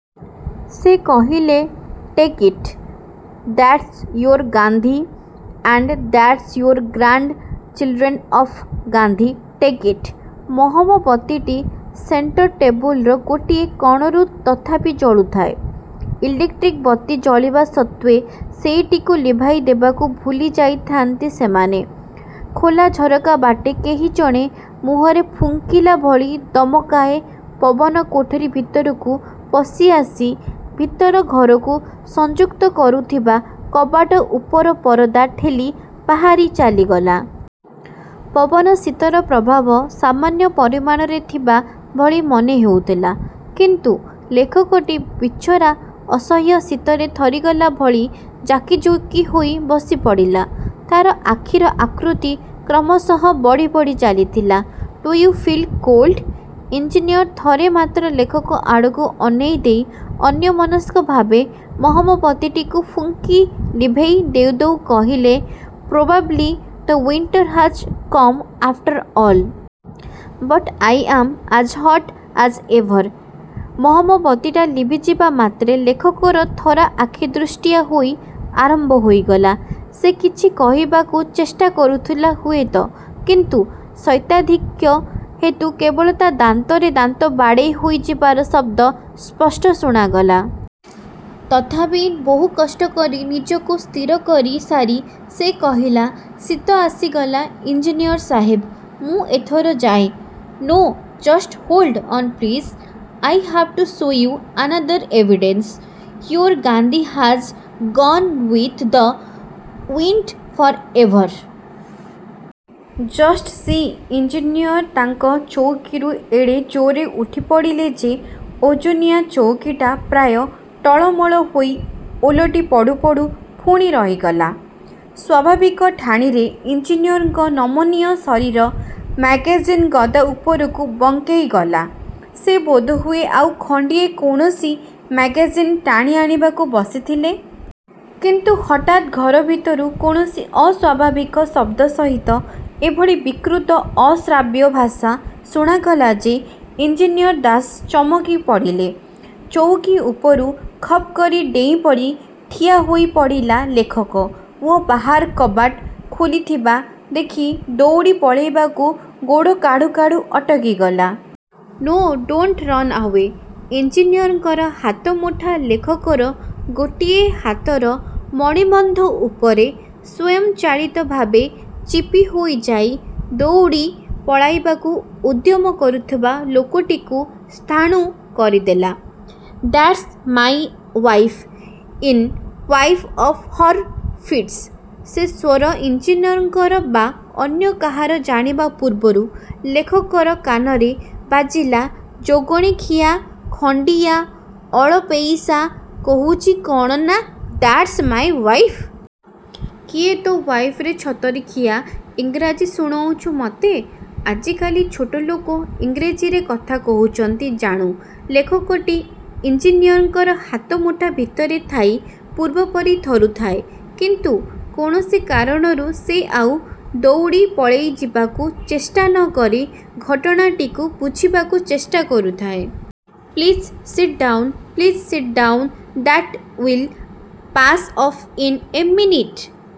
ସେ କହିଲେ, take it. That's your Gandhi and that's your grandchildren of Gandhi, take it. ମହମବତୀଟି centre ଟେବୁଲର ଗୋଟିଏ କଣରୁ ତଥାପି ଜଳୁଥାଏ। ଇଲେକ୍ଟ୍ରିକ ବତୀ ଜଳିବା ସତ୍ତ୍ୱେ ସେଇଟିକୁ ଲିଭାଇ ଦେବାକୁ ଭୁଲିଯାଇଥାନ୍ତି ସେମାନେ। ଖୋଲା ଝରକା ବାଟେ କେହି ଜଣେ ମୁହଁରେ ଫୁଙ୍କିଲା ଭଳି ତମକାଏ ପବନ କୋଠରୀ ଭିତରକୁ ପଶିଆସି ଭିତର ଘରକୁ ସଂଯୁକ୍ତ କରୁଥିବା କବାଟ ଉପର ପରଦା ଠେଲି ବାହାରି ଚାଲିଗଲା। ପବନରେ ଶୀତର ପ୍ରଭାବ ସାମାନ୍ୟ ପରିମାଣରେ ଥିବା ଭଳି ମନେହେଉଥିଲା। କିନ୍ତୁ ଲେଖକଟି ବିଚରା ଅସହ୍ୟ ଶୀତରେ ଥରିଗଲା ଭଳି ଜାକିଜୁକି ହୋଇ ବସିପଡ଼ିଲା। ତାର ଆଖିର ଆକୃତି କ୍ରମଶଃ ବଢ଼ି ବଢ଼ି ଚାଲିଥିଲା। Do you feel cold? Engineer ଥରେ ମାତ୍ର ଲେଖକ ଆଡ଼କୁ ଅନେଇଦେଇ ଅନ୍ୟମନସ୍କ ଭାବେ ମହମବତୀଟିକୁ ଫୁଙ୍କି ଲିଭେଇ ଦେଉ ଦେଉ କହିଲେ, probably the winter has come after all. But I am as ହଟ ଆଜ ଏଭର। ମହମବତୀଟା ଲିଭିଯିବା ମାତ୍ରେ ଲେଖକର ଥରା ଆଖିଦୃଷ୍ଟିଆ ହୋଇ ଆରମ୍ଭ ହୋଇଗଲା। ସେ କିଛି କହିବାକୁ ଚେଷ୍ଟା କରୁଥିଲା ହୁଏତ, କିନ୍ତୁ ଶୈତ୍ୟାଧିକ୍ୟ ହେତୁ କେବଳ ତା' ଦାନ୍ତରେ ଦାନ୍ତ ବାଡ଼େଇ ହୋଇଯିବାର ଶବ୍ଦ ସ୍ପଷ୍ଟ ଶୁଣାଗଲା। ତଥାପି ବହୁ କଷ୍ଟ କରି ନିଜକୁ ସ୍ଥିର କରିସାରି ସେ କହିଲା, ଶୀତ ଆସିଗଲା ଇଞ୍ଜିନିୟର ସାହେବ, ମୁଁ ଏଥର ଯାଏ। No, just hold on please. I have to show you another evidence your Gandhi has gone with the wind for ever! Just see! Engineer ତାଙ୍କ ଚଉକିରୁ ଏଡ଼େ ଜୋରରେ ଉଠିପଡ଼ିଲେ ଯେ ଓଜନିଆ ଚଉକିଟା ପ୍ରାୟ ଟଳମଳ ହୋଇ ଓଲଟି ପଡ଼ୁପଡ଼ୁ ପୁଣି ରହିଗଲା। ସ୍ୱାଭାବିକ ଠାଣିରେ ଇଞ୍ଜିନିୟରଙ୍କ ନମନୀୟ ଶରୀର ମ୍ୟାଗାଜିନ ଗଦା ଉପରକୁ ବଙ୍କେଇଗଲା। ସେ ବୋଧହୁଏ ଆଉ ଖଣ୍ଡିଏ କୌଣସି ମ୍ୟାଗାଜିନ ଟାଣିଆଣିବାକୁ ବସିଥିଲେ। କିନ୍ତୁ ହଠାତ୍ ଘର ଭିତରୁ କୌଣସି ଅସ୍ୱାଭାବିକ ଶବ୍ଦ ସହିତ ଏଭଳି ବିକୃତ ଅଶ୍ରାବ୍ୟ ଭାଷା ଶୁଣାଗଲା ଯେ ଇଞ୍ଜିନିୟର ଦାସ ଚମକି ପଡ଼ିଲେ। ଚଉକି ଉପରୁ ଖପକରି ଡେଇଁପଡ଼ି ଠିଆ ହୋଇପଡ଼ିଲା ଲେଖକ ଓ ବାହାର କବାଟ ଖୋଲାଥିବା ଦେଖି ଦଉଡ଼ି ପଳେଇବାକୁ ଗୋଡ଼ କାଢ଼ୁ କାଢ଼ୁ ଅଟକିଗଲା। No, don't run away! ଇଞ୍ଜିନିୟରଙ୍କ ହାତମୁଠା ଲେଖକର ଗୋଟିଏ ହାତର ମଣିବନ୍ଧ ଉପରେ ସ୍ୱୟଂଚାଳିତ ଭାବେ ଚିପିହୋଇଯାଇ ଦଉଡ଼ି ପଳାଇବାକୁ ଉଦ୍ୟମ କରୁଥିବା ଲୋକଟିକୁ ସ୍ଥାଣୁ କରିଦେଲା। That's my wife in one of her fits! ସେ ସ୍ୱର ଇଞ୍ଜିନିୟରଙ୍କର ବା ଅନ୍ୟ କାହାର ଜାଣିବା ପୂର୍ବରୁ ଲେଖକର କାନରେ ବାଜିଲା, ଯୋଗିନୀଖିଆ, ଖଣ୍ଡିଆ, ଅଳପେଇଷା, କହୁଛି କ'ଣ ନା ଦ୍ୟାଟ୍ସ ମାଇଁ ୱାଇଫ। କିଏ ତୋ ୱାଇଫ ରେ ଛତରଖିଆ! ଇଂରାଜୀ ଶୁଣୋଉଛୁ ମତେ? ଆଜିକାଲି ଛୋଟଲୋକେ ଇଂରେଜୀରେ କଥା କହୁଛନ୍ତି, ଜାଣୁ? ଲେଖକଟି ଇଞ୍ଜିନିୟରଙ୍କ ହାତମୁଠା ଭିତରେ ଥାଇ ପୂର୍ବପରି ଥରୁଥାଏ। କିନ୍ତୁ କୌଣସି କାରଣରୁ ସେ ଆଉ ଦଉଡ଼ି ପଳେଇଯିବାକୁ ଚେଷ୍ଟା ନ କରି ଘଟଣାଟିକୁ ବୁଝିବାକୁ ଚେଷ୍ଟା କରୁଥାଏ। Please sit down, please sit down, that will pass off in a minute.